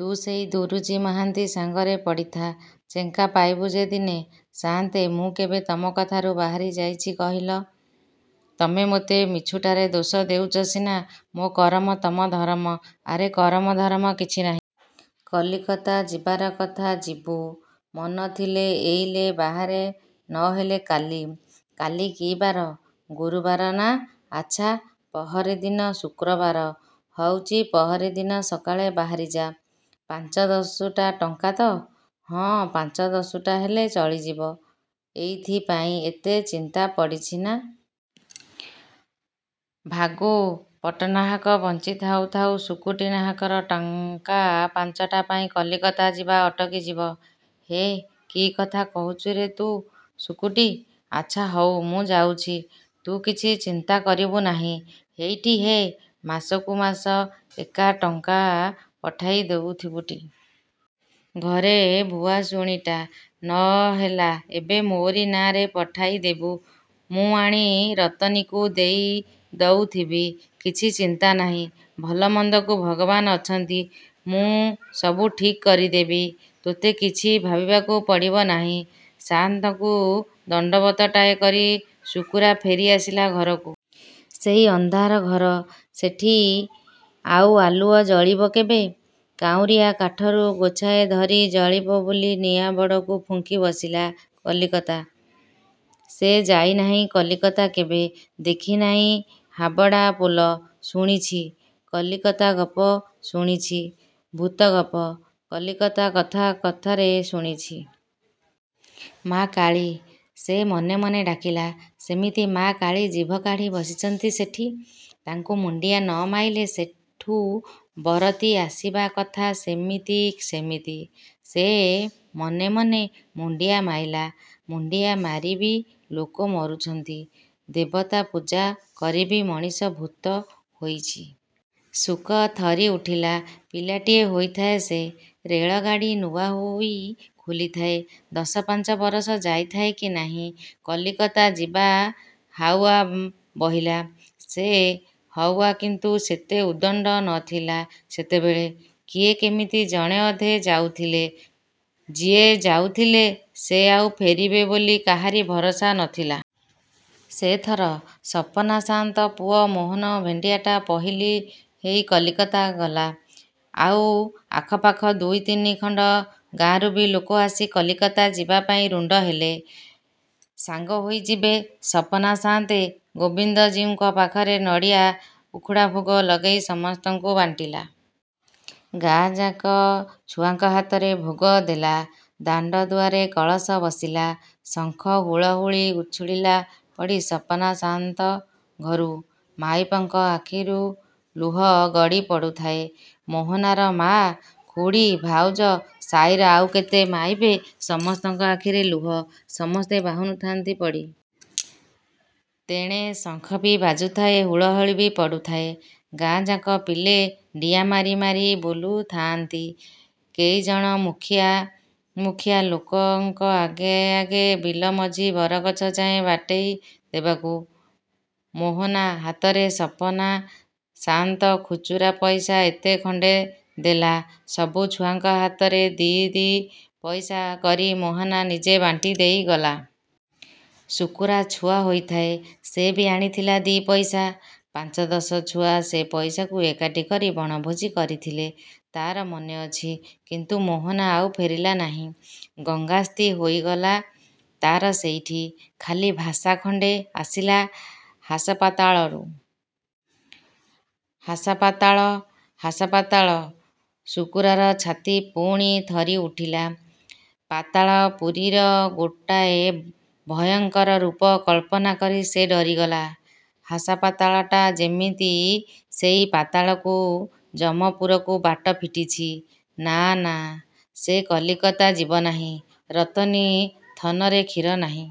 ତୁ ସେଇ ଦୁରୁଜୀ ମହାନ୍ତି ସାଙ୍ଗରେ ପଡ଼ିଥା। ଚେଙ୍କା ପାଇବୁ ଯେ ଦିନେ! '' ''ସାଆନ୍ତେ, ମୁଁ କେବେ ତମ କଥାରୁ ବାହାରି ଯାଇଚି କହିଲ? ତମେ ମୋତେ ମିଛୁଟାରେ ଦୋଷ ଦେଉଚ ସିନା। ମୋ କରମ, ତମ ଧରମ। '' ଆରେ କରମ ଧରମ କିଛି ନାହିଁ। କଲିକତା ଯିବାର କଥା ଯିବୁ। ମନ ଥିଲେ ଏଇଲେ ବାହାର ନହେଲା କାଲି। କାଲି କି ବାର? ଗୁରୁବାର, ନା? ଆଚ୍ଛା, ପହରିଦିନ ଶୁକ୍ରବାର ହଉଚି ପହରିଦିନ ସକାଳେ ବାହାରିଯା। ପାଞ୍ଚ ଦଶୁଟା ଟଙ୍କା ତ? '' ''ହଁ, ପାଞ୍ଚ, ଦଶୁଟା ହେଲେ ଚଳିଯିବ। '' ''ଏଇଥିପାଇଁ ଏତେ ଚିନ୍ତା ପଡ଼ିଛିନା? ଭାଗୁ ପଟ୍ଟନାହାକ ବଞ୍ଚି ଥାଉ ଥାଉ ଶୁକୁଟି ନାହାକର ଟଙ୍କା ପାଞ୍ଚଟାପାଇଁ କଲିକତା ଯିବା ଅଟକି ଯିବ? ହେଁ, କିକଥା କହୁଛୁରେ ତୁ ଶୁକୁଟି! ଆଚ୍ଛା ହଉ, ମୁଁ ଯାଉଛି। ତୁ କିଛି ଚିନ୍ତା କରିବୁ ନାହିଁ। ହେଇଟି ହେ, ମାସକୁ ମାସ ଏକା ଟଙ୍କା ପଠେଇ ଦଉଥିବୁଟି? ଘରେ ଭୁଆସୁଣୀଟା। ନ ହେଲା ଏବେ ମୋରି ନାଆଁରେ ପଠେଇ ଦେବୁ। ମୁଁ ଆଣି ରତନୀକି ଦେଇ ଦଉଥିବି। କିଛି ଚିନ୍ତା ନାହିଁ। ଭଲ ମନ୍ଦକୁ ଭଗବାନ୍ ଅଛନ୍ତି। ମୁଁ ସବୁ ଠିକ୍ କରିଦେବି। ତୋତେ କିଛି ଭାବିବାକୁ ପଡ଼ିବ ନାହିଁ। ସାଆନ୍ତକୁ ଦଣ୍ଡବତଟାଏ କରି ଶୁକୁରା ଫେରି ଆସିଲା ଘରକୁ। ସେଇ ଅନ୍ଧାର ଘର। ସେଠି ଆଉ ଆଲୁଅ ଜଳିବ କେବେ? କାଉଁରିଆ କାଠିରୁ ଗୋଛାଏ ଧରି ଜାଳିବ ବୋଲି ନିଆଁ ବଡ଼କୁ ଫୁଙ୍କି ବସିଲା। କଲିକତା! ସେ ଯାଇନାହିଁ କଲିକତା କେବେ। ଦେଖିନାହିଁ ହାବଡ଼ା ପୋଲ, ଶୁଣିଛି। କଲିକତା ଗପ ଶୁଣୁଛି। ଭୂତଗପ କଲିକତା କଥା କଥାରେ ଶୁଣିଛି। ମା କାଳୀ! ସେ ମନେ ମନେ ଡାକିଲା। ସେମିତି ମା କାଳୀ ଜିଭ କାଢ଼ି ବସିଛନ୍ତି ସେଠି। ତାଙ୍କୁ ମୁଣ୍ଡିଆ ନ ମାଇଲେ ସେଠୁ ବରତି ଆସିବା କଥା ସେମିତି ସେମିତି। ସେ ମନେ ମନେ ମୁଣ୍ଡିଆ ମାଇଲା। ମୁଣ୍ଡିଆ ମାରିବି ଲୋକେ ମରୁଛନ୍ତି। ଦେବତା ପୂଜା କରିବି ମଣିଷ ଭୂତ ହୋଇଛି। ଶୁକ ଥରି ଉଠିଲା। ପିଲାଟିଏ ହୋଇଥାଏ ସେ। ରେଳଗାଡ଼ି ନୂଆ ହୋଇ ଖୋଲିଥାଏ। ଦଶପାଞ୍ଚ ବରଷ ଯାଇ ଥାଏ କି ନାହିଁ। କଲିକତା ଯିବା ହାଉଆ ବହିଲା। ସେ ହାଉଆ କିନ୍ତୁ ସେତେ ଉଦଣ୍ଡ ନଥିଲା ସେତେବେଳେ। କିଏ କେମିତି ଜଣେ ଅଧେ ଯାଉଥିଲେ। ଯିଏ ଯାଉଥିଲେ ସେ ଆଉ ଫେରିବେ ବୋଲି କାହାରି ଭରସା ନଥିଲା। ସେଥର ସପନା ସାଆନ୍ତ ପୁଅ ମୋହନ ଭେଣ୍ଡିଆଟା ପହିଲୁ ହେଇ କଲିକତା ଗଲା। ଆଉ ଆଖପାଖ ଦୁଇ ତିନି ଖଣ୍ଡ ଗାଁରୁବି ଲୋକ ଆସି କଲିକତା ଯିବାପାଇଁ ରୁଣ୍ଡ ହେଲେ। ସାଙ୍ଗ ହୋଇଯିବେ। ସପନା ସାଆନ୍ତେ ଗୋବିନ୍ଦ ଜୀଉଙ୍କ ପାଖରେ ନଡ଼ିଆ ଉଖୁଡ଼ା ଭୋଗ ଲଗେଇ ସମସ୍ତଙ୍କୁ ବାଣ୍ଟିଲା। ଗାଁଯାକ ଛୁଆଙ୍କ ହାତରେ ଭୋଗ ଦେଲା। ଦାଣ୍ଡଦୁଆରେ କଳସ ବସିଲା। ଶଙ୍ଖ ହୁଳହୁଳି ଉଛୁଳିଲା ପଡ଼ି ସପନା ସାଆନ୍ତ ଘରୁ। ମାଇପଙ୍କ ଆଖିରୁ ଲୁହ ଗଡ଼ି ପଡ଼ୁଥାଏ। ମୋହନାର ମା, ଖୁଡ଼ୀ, ଭାଉଜ, ସାଇର ଆଉ କେତେ ମାଇପେ ସମସ୍ତଙ୍କ ଆଖିରେ ଲୁହ। ସମସ୍ତେ ବାହୁନୁଥାନ୍ତି ପଡ଼ି। ତେଣେ ଶଙ୍ଖବି ବାଜୁଥାଏ ହୁଳହୁଳିବି ପଡ଼ୁଥାଏ। ଗାଁଯାକ ପିଲେ ଡିଆଁମାରି ମାରି ବୁଲିଥାଆନ୍ତି କେଇଜଣ ମୁଖିଆ ମୁଖିଆ ଲୋକଙ୍କ ଆଗେ ଆଗେ ବିଲ ମଝି ବରଗଛ ଯାଏଁ ବଟେଇ ଦେବାକୁ। ମୋହନା ହାତରେ ସପନା ସାଆନ୍ତ ଖୁଚୁରା ପଇସା ଏତେ ଖଣ୍ଡେ ଦେଲା। ସବୁ ଛୁଆଙ୍କ ହାତରେ ଦି ଦି'ପଇସା କରି ମୋହନା ନିଜେ ବାଣ୍ଟି ଦେଇଗଲା। ଶୁକୁରା ଛୁଆ ହୋଇଥାଏ।। ସେ ବି ଆଣିଥିଲା ଦି'ପଇସା। ପାଞ୍ଚ ଦଶ ଛୁଆ ସେ ପଇସାକୁ ଏକାଠି କରି ବଣଭୋଜି କରିଥିଲେ। ତା'ର ମନେ ଅଛି। କିନ୍ତୁ ମୋହନା ଆଉ ଫେରିଲା ନାହିଁ। ଗଙ୍ଗାସ୍ତି ହେଇଗଲା ତା'ର ସେଇଠି। ଖାଲି ଭାଷା ଖଣ୍ଡେ ଆସିଲା ହାସପାତାଳରୁ। ହାସପାତାଳ–ହାସପାତାଳ! ଶୁକୁରାର ଛାତି ପୁଣି ଥରି ଉଠିଲା। ପାତାଳପୁରୀର ଗୋଟାଏ ଭୟଙ୍କର ରୂପ କଳ୍ପନା କରି ସେ ଡରିଗଲା। ହାସପାତାଳଟା ଯେମିତି ସେଇ ପାତାଳକୁ–ଯମପୁରକୁ ବାଟ ଫିଟିଛି! ନା ନା, ସେ କଲିକତା ଯିବ ନାହିଁ। ରତନୀ ଥନରେ କ୍ଷୀର ନାହିଁ।